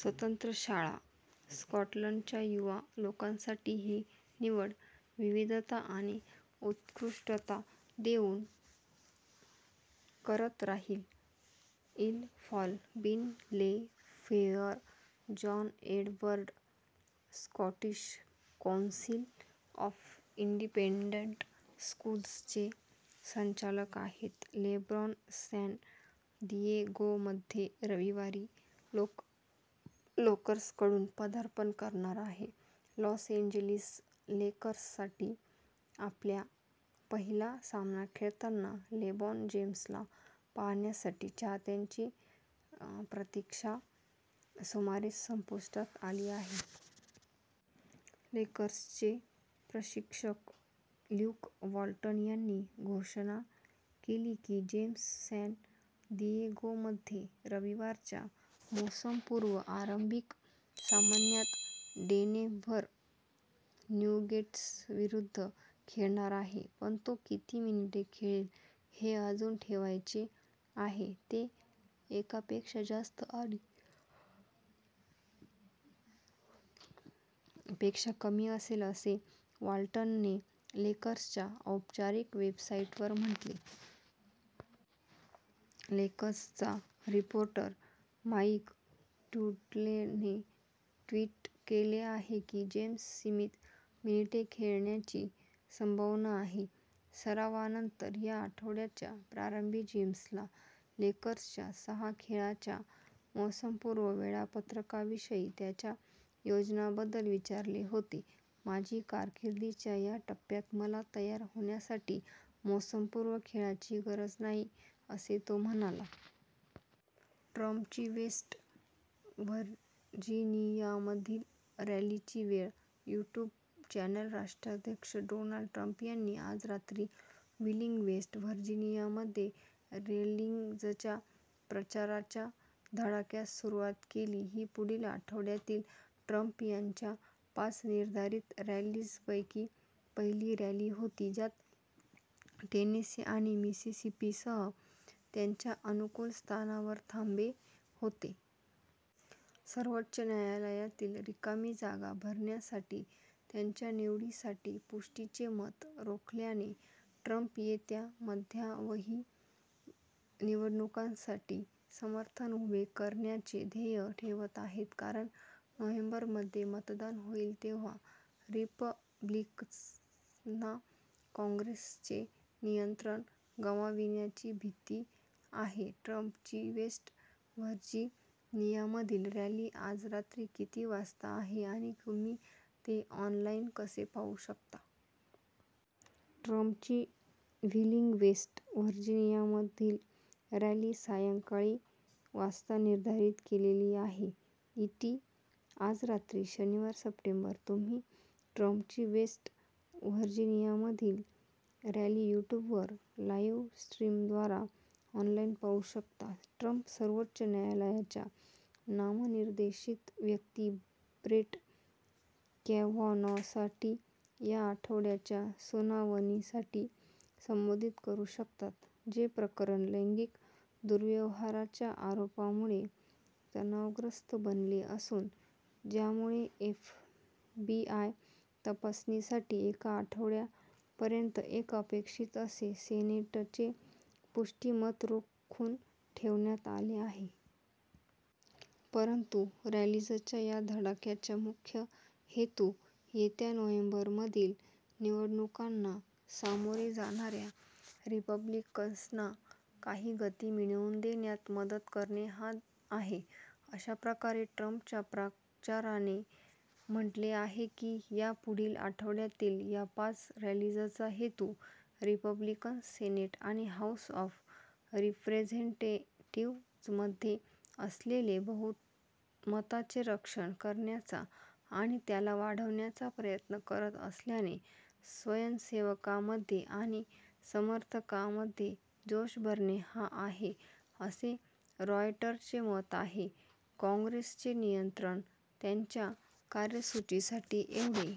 स्वतंत्र शाळा स्कॉटलंडच्या युवा लोकांसाठी ही निवड, विविधता आणि उत्कृष्टता देऊ करत राहील. इल फॉट बीन ले फेअर. John Edward Scottish council of independent स्कूल्सचे संचालक आहेत. लेब्रॉन सॅन दिएगोमध्ये रविवारी लेकर्सकडून पदार्पण करणार आहे लॉस एंजेलिस लेकर्ससाठी आपला पहिला सामना खेळताना लेब्रॉन जेम्सला पाहण्यासाठी चाहत्यांची प्रतीक्षा सुमारे संपुष्टात आली आहे. लेकर्सचे प्रशिक्षक ल्युक वाल्टन यांनी घोषणा केली की जेम्स सॅन दिएगोमध्ये रविवारच्या मोसमपूर्व आरंभिक सामन्यात डेनेव्हर नुगेट्सविरुद्ध खेळणार आहे. पण तो किती मिनिटे खेळेल हे अजून ठरवायचे आहे. "ते एकापेक्षा जास्त आणि पेक्षा कमी असेल," असे वाल्टनने लेकर्स"च्या औपचारिक वेबसाईटवर म्हटले. लेकर्सचा रिपोर्टर माईक ट्रुडेलने ट्विट केले आहे की जेम्स सीमित मिनिटे खेळण्याची संभावना आहे. सरावानंतर या आठवड्याच्या प्रारंभी जेम्सला लेकर्स"च्या सहा खेळांच्या मोसमपूर्व वेळापत्रकाविषयी त्याच्या योजनांबद्दल विचारले होते. "माझी कारकीर्दीच्या या टप्प्यात मला तयार होण्यासाठी मोसमपूर्व खेळाची गरज नाही," असे तो म्हणाला. ट्रम्पची वेस्ट व्हर्जिनियामधील रॅलीची वेळ, यूट्यूब चॅनल राष्ट्राध्यक्ष डोनाल्ड ट्रम्प यांनी आज रात्री व्हीलिंग, वेस्ट व्हर्जिनियामध्ये रॅलीजच्या प्रचाराच्या धडाक्यास सुरुवात केली. ही पुढील आठवड्यातील ट्रम्प यांच्या पाच निर्धारित रॅलीजपैकी पहिली रॅली होती, ज्यात टेनेसी आणि मिसिसिपीसह त्यांच्या अनुकूल स्थानांवर थांबे होते. सर्वोच्च न्यायालयातील रिकामी जागा भरण्यासाठी त्याच्या निवडीसाठी पुष्टीचे मत रोखल्याने, ट्रम्प येत्या मध्यावधी निवडणुकांसाठी समर्थन उभे करण्याचे ध्येय ठेवत आहेत, कारण नोव्हेंबरमध्ये मतदान होईल तेव्हा रिपब्लिकन्सना कॉंग्रेसचे नियंत्रण गमाविण्याची भीती आहे. ट्रम्पची वेस्ट व्हर्जिनियामधील रॅली आज रात्री किती वाजता आहे आणि तुम्ही ते ऑनलाईन कसे पाहू शकाल? ट्रम्पची व्हीलिंग, वेस्ट व्हर्जिनियामधील रॅली सायंकाळी वाजता निर्धारित केलेली आहे. ईटी आज रात्री, शनिवार, सप्टेंबर,. तुम्ही ट्रम्पची वेस्ट व्हर्जिनियामधील रॅली यूट्यूबवर लाइव्ह स्ट्रीमद्वारा ऑनलाईन पाहू शकता. ट्रम्प सर्वोच्च न्यायालयाच्या नामनिर्देशित व्यक्ती, ब्रेट कॅवानॉसाठी या आठवड्याच्या सुनावणीसाठी संबोधित करू शकतात, जे प्रकरण लैंगिक दुर्व्यवहाराच्या आरोपांमुळे तणावग्रस्त बनले असून, ज्यामुळे एफबीआय तपासणीसाठी एका आठवड्यापर्यंत एक अपेक्षित असे सेनेटचे पुष्टी मत रोखून ठेवण्यात आले आहे. परंतु रॅलीजच्या या धडक्यांचा मुख्य हेतू येत्या नोव्हेंबरमधील निवडणुकांना सामोरे जाणाऱ्या रिपब्लिकन्सना काही गति मिळवून देण्यात मदत करणे हा आहे. अशा प्रकारे, ट्रम्पच्या प्रचाराने म्हटले आहे की या पुढील आठवड्यातील या पाच रॅलीजचा हेतू "रिपब्लिकन्स सेनेट आणि हाऊस ऑफ रिप्रेझेंटेटिवजमध्ये असलेले बहुमताचे रक्षण करण्याचा आणि त्याला वाढविण्याचा प्रयत्न करत असल्याने, स्वयंसेवकांमध्ये आणि समर्थकांमध्ये जोश भरणे हा आहे," असे रॉयटरचे मत आहे. "कॉंग्रेसचे नियंत्रण त्यांच्या कार्यसूचीसाठी एवढे